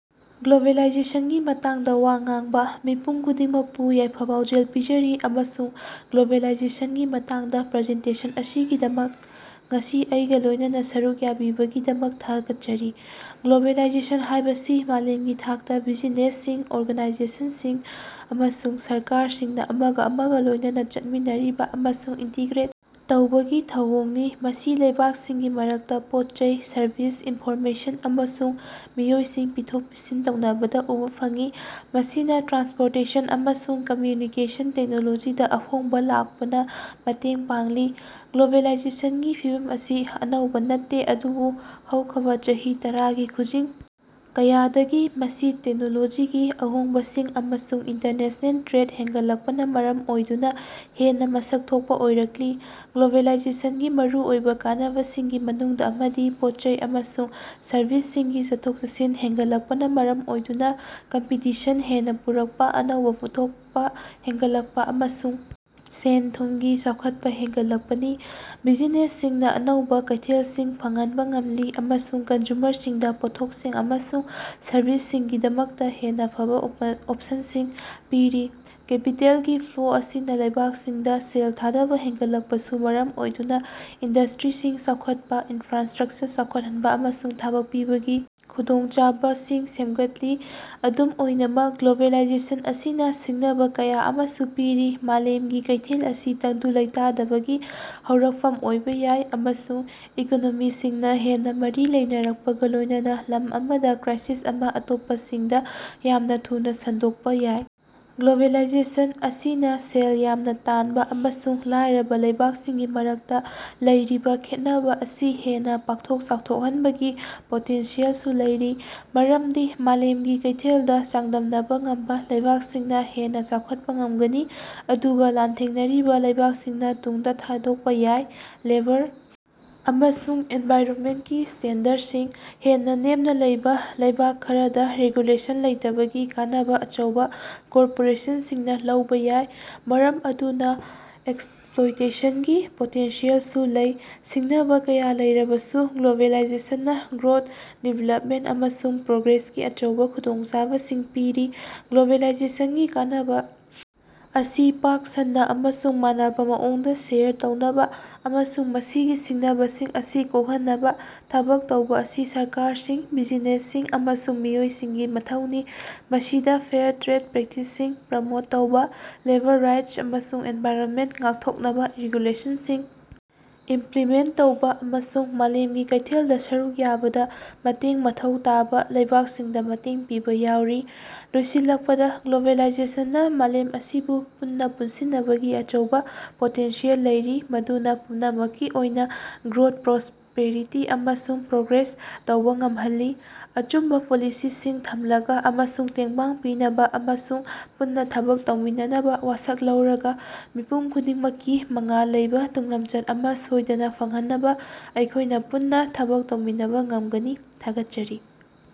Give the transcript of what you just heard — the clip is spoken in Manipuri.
ꯒ꯭ꯂꯣꯕꯦꯂꯥꯏꯖꯦꯁꯟꯒꯤ ꯃꯇꯥꯡꯗ ꯋꯥ ꯉꯥꯡꯕ꯫ ꯃꯤꯄꯨꯝ ꯈꯨꯗꯤꯡꯃꯛꯄꯨ ꯌꯥꯏꯐ-ꯄꯥꯎꯖꯦꯜ ꯄꯤꯖꯔꯤ, ꯑꯃꯁꯨꯡ ꯒ꯭ꯂꯣꯕꯦꯂꯥꯏꯖꯦꯁꯟꯒꯤ ꯃꯇꯥꯡꯗ ꯄ꯭ꯔꯖꯦꯟꯇꯦꯁꯟ ꯑꯁꯤꯒꯤꯗꯃꯛ ꯉꯁꯤ ꯑꯩꯒ ꯂꯣꯏꯅꯅ ꯁꯔꯨꯛ ꯌꯥꯕꯤꯕꯒꯤꯗꯃꯛ ꯊꯥꯒꯠꯆꯔꯤ꯫ ꯒ꯭ꯂꯣꯕꯦꯂꯥꯏꯖꯦꯁꯟ ꯍꯥꯏꯕꯁꯤ ꯃꯥꯂꯦꯝꯒꯤ ꯊꯥꯛꯇ ꯕꯤꯖꯤꯅꯦꯁꯁꯤꯡ, ꯑꯣꯔꯒꯅꯥꯏꯖꯦꯁꯟꯁꯤꯡ ꯑꯃꯁꯨꯡ ꯁꯔꯀꯥꯔꯁꯤꯡꯅ ꯑꯃꯒꯥ ꯑꯃꯒꯥ ꯂꯣꯏꯅꯅ ꯆꯠꯃꯤꯟꯅꯔꯤꯕ ꯑꯃꯁꯨꯡ ꯏꯟꯇꯤꯒ꯭ꯔꯦꯠ ꯇꯧꯕꯒꯤ ꯊꯧꯑꯣꯡꯅꯤ꯫ ꯃꯁꯤ ꯂꯩꯕꯥꯛꯁꯤꯡꯒꯤ ꯃꯔꯛꯇ ꯄꯣꯠ-ꯆꯩ, ꯁꯔꯕꯤꯁ, ꯏꯟꯐꯣꯔꯃꯦꯁꯟ, ꯑꯃꯁꯨꯡ ꯃꯤꯑꯣꯏꯁꯤꯡ ꯄꯤꯊꯣꯛ-ꯄꯤꯁꯤꯟ ꯇꯧꯅꯕꯗ ꯎꯕ ꯐꯪꯏ, ꯃꯁꯤꯅ ꯇ꯭ꯔꯥꯟꯁꯄꯣꯔꯇꯦꯁꯟ ꯑꯃꯁꯨꯡ ꯀꯝꯃ꯭ꯌꯨꯅꯤꯀꯦꯁꯟ ꯇꯦꯛꯅꯣꯂꯣꯖꯤꯗ ꯑꯍꯣꯡꯕ ꯂꯥꯛꯄꯅ ꯃꯇꯦꯡ ꯄꯥꯡꯂꯤ꯫ ꯒ꯭ꯂꯣꯕꯦꯂꯥꯏꯖꯦꯁꯟꯒꯤ ꯐꯤꯚꯝ ꯑꯁꯤ ꯑꯅꯧꯕ ꯅꯠꯇꯦ, ꯑꯗꯨꯕꯨ ꯍꯧꯈꯕꯥ ꯆꯍꯤ ꯇꯔꯥꯒꯤ ꯈꯨꯖꯤꯡ ꯀꯌꯥꯗꯒꯤ ꯃꯁꯤ ꯇꯦꯛꯅꯣꯂꯣꯖꯤꯒꯤ ꯑꯍꯣꯡꯕꯁꯤꯡ ꯑꯃꯁꯨꯡ ꯏꯟꯇꯔꯅꯦꯁꯅꯦꯜ ꯇ꯭ꯔꯦꯗ ꯍꯦꯟꯒꯠꯂꯛꯄꯅꯥ ꯃꯔꯝ ꯑꯣꯏꯗꯨꯅ ꯍꯦꯟꯅ ꯃꯁꯛ ꯊꯣꯛꯄ ꯑꯣꯏꯔꯛꯂꯤ꯫ ꯒ꯭ꯂꯣꯕꯦꯂꯥꯏꯖꯦꯁꯟꯒꯤ ꯃꯔꯨꯑꯣꯏꯕ ꯀꯥꯟꯅꯕꯁꯤꯡꯒꯤ ꯃꯅꯨꯡꯗ ꯑꯃꯗꯤ ꯄꯣꯠ-ꯆꯩ ꯑꯃꯁꯨꯡ ꯁꯔꯕꯤꯁꯁꯤꯡꯒꯤ ꯆꯠꯊꯣꯛ-ꯆꯠꯁꯤꯟ ꯍꯦꯟꯒꯠꯂꯛꯄꯅ ꯃꯔꯝ ꯑꯣꯏꯗꯨꯅ ꯀꯝꯄꯤꯇꯤꯁꯟ ꯍꯦꯟꯅ ꯄꯨꯔꯛꯄ, ꯑꯅꯧꯕꯥ ꯄꯨꯊꯣꯛꯄ ꯍꯦꯟꯒꯠꯂꯛꯄ, ꯑꯃꯁꯨꯡ ꯁꯦꯟ-ꯊꯨꯝꯒꯤ ꯆꯥꯎꯈꯠꯄ ꯍꯦꯟꯒꯠꯂꯛꯄꯅꯤ꯫ ꯕꯤꯖꯤꯅꯦꯁꯁꯤꯡꯅ ꯑꯅꯧꯕ ꯀꯩꯊꯦꯜꯁꯤꯡ ꯐꯪꯍꯟꯕ ꯉꯝꯂꯤ, ꯑꯃꯁꯨꯡ ꯀꯟꯖꯨꯃꯔꯁꯤꯡꯗ ꯄꯣꯠꯊꯣꯛꯁꯤꯡ ꯑꯃꯁꯨꯡ ꯁꯔꯕꯤꯁꯁꯤꯡꯒꯤꯗꯃꯛꯇ ꯍꯦꯟꯅ ꯐꯕ ꯑꯣꯄꯁꯟꯁꯤꯡ ꯄꯤꯔꯤ꯫ ꯀꯦꯄꯤꯇꯦꯜꯒꯤ ꯐ꯭ꯂꯣ ꯑꯁꯤꯅ ꯂꯩꯕꯥꯛꯁꯤꯡꯗ ꯁꯦꯜ ꯊꯥꯗꯕ ꯍꯦꯟꯒꯠꯂꯛꯄꯁꯨ ꯃꯔꯝ ꯑꯣꯏꯗꯨꯅ ꯏꯟꯗꯁ꯭ꯇꯔꯤꯁꯤꯡ ꯆꯥꯎꯈꯠꯄ, ꯏꯟꯐ꯭ꯔꯥꯁꯇꯔꯛꯆꯔ ꯆꯥꯎꯈꯠꯍꯟꯕ, ꯑꯃꯁꯨꯡ ꯊꯕꯛ ꯄꯤꯕꯒꯤ ꯈꯨꯗꯣꯡꯆꯥꯕꯁꯤꯡ ꯁꯦꯝꯒꯠꯂꯤ꯫ ꯑꯗꯨꯝ ꯑꯣꯏꯅꯃꯛ, ꯒ꯭ꯂꯣꯕꯦꯂꯥꯏꯖꯦꯁꯟ ꯑꯁꯤꯅ ꯁꯤꯡꯅꯕ ꯀꯌꯥ ꯑꯃꯁꯨ ꯄꯤꯔꯤ꯫ ꯃꯥꯂꯦꯝꯒꯤ ꯀꯩꯊꯦꯜ ꯑꯁꯤ ꯇꯪꯗꯨ ꯂꯩꯇꯥꯗꯕꯒꯤ ꯍꯧꯔꯛꯐꯝ ꯑꯣꯏꯕ ꯌꯥꯏ, ꯑꯃꯁꯨꯡ ꯏꯀꯣꯅꯣꯃꯤꯁꯤꯡꯅ ꯍꯦꯟꯅ ꯃꯔꯤ ꯂꯩꯅꯔꯛꯄꯒ ꯂꯣꯏꯅꯅ ꯂꯝ ꯑꯃꯗ ꯀ꯭ꯔꯥꯏꯁꯤꯁ ꯑꯃ ꯑꯇꯣꯞꯄꯁꯤꯡꯗ ꯌꯥꯝꯅ ꯊꯨꯅ ꯁꯟꯗꯣꯛꯄ ꯌꯥꯏ꯫ ꯒ꯭ꯂꯣꯕꯦꯂꯥꯏꯖꯦꯁꯟ ꯑꯁꯤꯅ ꯁꯦꯜ ꯌꯥꯝꯅ ꯇꯥꯟꯕ ꯑꯃꯁꯨꯡ ꯂꯥꯏꯔꯕ ꯂꯩꯕꯥꯛꯁꯤꯡꯒꯤ ꯃꯔꯛꯇ ꯂꯩꯔꯤꯕ ꯈꯦꯠꯅꯕ ꯑꯁꯤ ꯍꯦꯟꯅ ꯄꯥꯛꯊꯣꯛ ꯆꯥꯎꯊꯣꯛꯍꯟꯕꯒꯤ ꯄꯣꯇꯦꯟꯁꯤꯌꯦꯜꯁꯨ ꯂꯩꯔꯤ, ꯃꯔꯝꯗꯤ ꯃꯥꯂꯦꯝꯒꯤ ꯀꯩꯊꯦꯜꯗ ꯆꯥꯡꯗꯝꯅꯕ ꯉꯝꯕ ꯂꯩꯕꯥꯛꯁꯤꯡꯅ ꯍꯦꯟꯅ ꯆꯥꯎꯈꯠꯄ ꯉꯝꯒꯅꯤ, ꯑꯗꯨꯒ ꯂꯥꯟꯊꯦꯡꯅꯔꯤꯕ ꯂꯩꯕꯥꯛꯁꯤꯡꯅ ꯇꯨꯡꯗ ꯊꯥꯗꯣꯛꯄ ꯌꯥꯏ꯫ ꯂꯦꯕꯔ ꯑꯃꯁꯨꯡ ꯑꯦꯟꯚꯥꯏꯔꯅꯃꯦꯟꯇꯀꯤ ꯁ꯭ꯇꯦꯟꯗꯔꯗꯁꯤꯡ ꯍꯦꯟꯅ ꯅꯦꯝꯅ ꯂꯩꯕꯥ ꯂꯩꯕꯥꯛ ꯈꯔꯗ ꯔꯦꯒꯨꯂꯦꯁꯟ ꯂꯩꯇꯕꯒꯤ ꯀꯥꯟꯅꯕ ꯑꯆꯧꯕ ꯀꯣꯔꯄꯣꯔꯦꯁꯟꯁꯤꯡꯅ ꯂꯧꯕ ꯌꯥꯏ, ꯃꯔꯝ ꯑꯗꯨꯅ ꯑꯦꯛꯁꯄꯂꯣꯏꯇꯦꯁꯟꯒꯤ ꯄꯣꯇꯦꯟꯁꯤꯌꯦꯜꯁꯨ ꯂꯩ꯫ ꯁꯤꯡꯅꯕ ꯀꯌꯥ ꯂꯩꯔꯕꯁꯨ, ꯒ꯭ꯂꯣꯕꯦꯂꯥꯏꯖꯦꯁꯟꯅꯥ ꯒ꯭ꯔꯣꯊ, ꯗꯤꯕꯦꯂꯄꯃꯦꯟꯇ ꯑꯃꯁꯨꯡ ꯄ꯭ꯔꯣꯒ꯭ꯔꯦꯁꯀꯤ ꯑꯆꯧꯕ ꯈꯨꯗꯣꯡꯆꯥꯕꯁꯤꯡ ꯄꯤꯔꯤ꯫ ꯒ꯭ꯂꯣꯕꯦꯂꯥꯏꯖꯦꯁꯅꯒꯤ ꯀꯥꯟꯅꯕꯥ ꯑꯁꯤ ꯄꯥꯛ ꯁꯟꯅꯥ ꯑꯃꯁꯨꯡ ꯃꯥꯟꯅꯕꯥ ꯃꯑꯣꯡꯗꯥ ꯁꯦꯌꯔ ꯇꯧꯅꯕꯥ, ꯑꯃꯁꯨꯡ ꯃꯁꯤꯒꯤ ꯁꯤꯡꯅꯕꯁꯤꯡ ꯑꯁꯤ ꯀꯣꯀꯍꯟꯅꯕꯥ ꯊꯕꯛ ꯇꯧꯕꯥ ꯑꯁꯤ ꯁꯔꯀꯥꯔꯁꯤꯡ, ꯕꯤꯖꯤꯅꯦꯁꯁꯤꯡ ꯑꯃꯁꯨꯡ ꯃꯤꯑꯣꯏꯁꯤꯡꯒꯤ ꯃꯊꯧꯅꯤ꯫ ꯃꯁꯤꯗ ꯐꯦꯌꯔ ꯇ꯭ꯔꯦꯗ ꯄ꯭ꯔꯦꯛꯇꯤꯁꯁꯤꯡ ꯄ꯭ꯔꯃꯣꯠ ꯇꯧꯕꯥ, ꯂꯦꯕꯔ ꯔꯥꯏꯠꯁ ꯑꯃꯁꯨꯡ ꯑꯦꯟꯚꯥꯏꯔꯅꯃꯦꯟꯇ ꯉꯥꯛꯊꯣꯛꯅꯕꯥ ꯔꯤꯒꯨꯂꯦꯁꯟꯁꯤꯡ ꯏꯃꯄꯂꯤꯃꯦꯟꯇ ꯇꯧꯕ, ꯑꯃꯁꯨꯡ ꯃꯥꯂꯦꯝꯒꯤ ꯀꯩꯊꯦꯜꯗ ꯁꯔꯨꯛ ꯌꯥꯕꯗ ꯃꯇꯦꯡ ꯃꯊꯧ ꯇꯥꯕ ꯂꯩꯕꯥꯛꯁꯤꯡꯗ ꯃꯇꯦꯡ ꯄꯤꯕ ꯌꯥꯎꯔꯤ꯫ ꯂꯣꯏꯁꯤꯜꯂꯛꯄꯗꯥ, ꯒ꯭ꯂꯣꯕꯦꯂꯥꯏꯖꯦꯁꯟꯅ ꯃꯥꯂꯦꯝ ꯑꯁꯤꯕꯨ ꯄꯨꯟꯅ ꯄꯨꯟꯁꯤꯟꯅꯕꯒꯤ ꯑꯆꯧꯕ ꯄꯣꯇꯦꯟꯁꯤꯌꯦꯜ ꯂꯩꯔꯤ ꯃꯗꯨꯅ ꯄꯨꯝꯅꯃꯛꯀꯤ ꯑꯣꯏꯅ ꯒ꯭ꯔꯣꯊ, ꯄ꯭ꯔꯣꯁꯄꯦꯔꯤꯇꯤ ꯑꯃꯁꯨꯡ ꯄ꯭ꯔꯣꯒ꯭ꯔꯦꯁ ꯇꯧꯕꯥ ꯉꯝꯍꯜꯂꯤ꯫ ꯑꯆꯨꯝꯕ ꯄꯣꯂꯤꯁꯤꯁꯤꯡ ꯊꯝꯂꯒꯥ, ꯑꯃꯁꯨꯡ ꯇꯦꯡꯕꯥꯡ ꯄꯤꯅꯕ ꯑꯃꯁꯨꯡ ꯄꯨꯟꯅ ꯊꯕꯛ ꯇꯧꯃꯤꯟꯅꯅꯕ ꯋꯥꯁꯛ ꯂꯧꯔꯒꯥ, ꯃꯤꯄꯨꯝ ꯈꯨꯗꯤꯡꯃꯛꯀꯤ ꯃꯉꯥꯜ ꯂꯩꯕꯥ ꯇꯨꯡꯂꯝꯆꯠ ꯑꯃ ꯁꯣꯏꯗꯅ ꯐꯪꯍꯟꯅꯕ ꯑꯩꯈꯣꯏꯅ ꯄꯨꯟꯅ ꯊꯕꯛ ꯇꯧꯃꯤꯟꯅꯕ ꯉꯝꯒꯅꯤ꯫ ꯊꯥꯒꯠꯆꯔꯤ.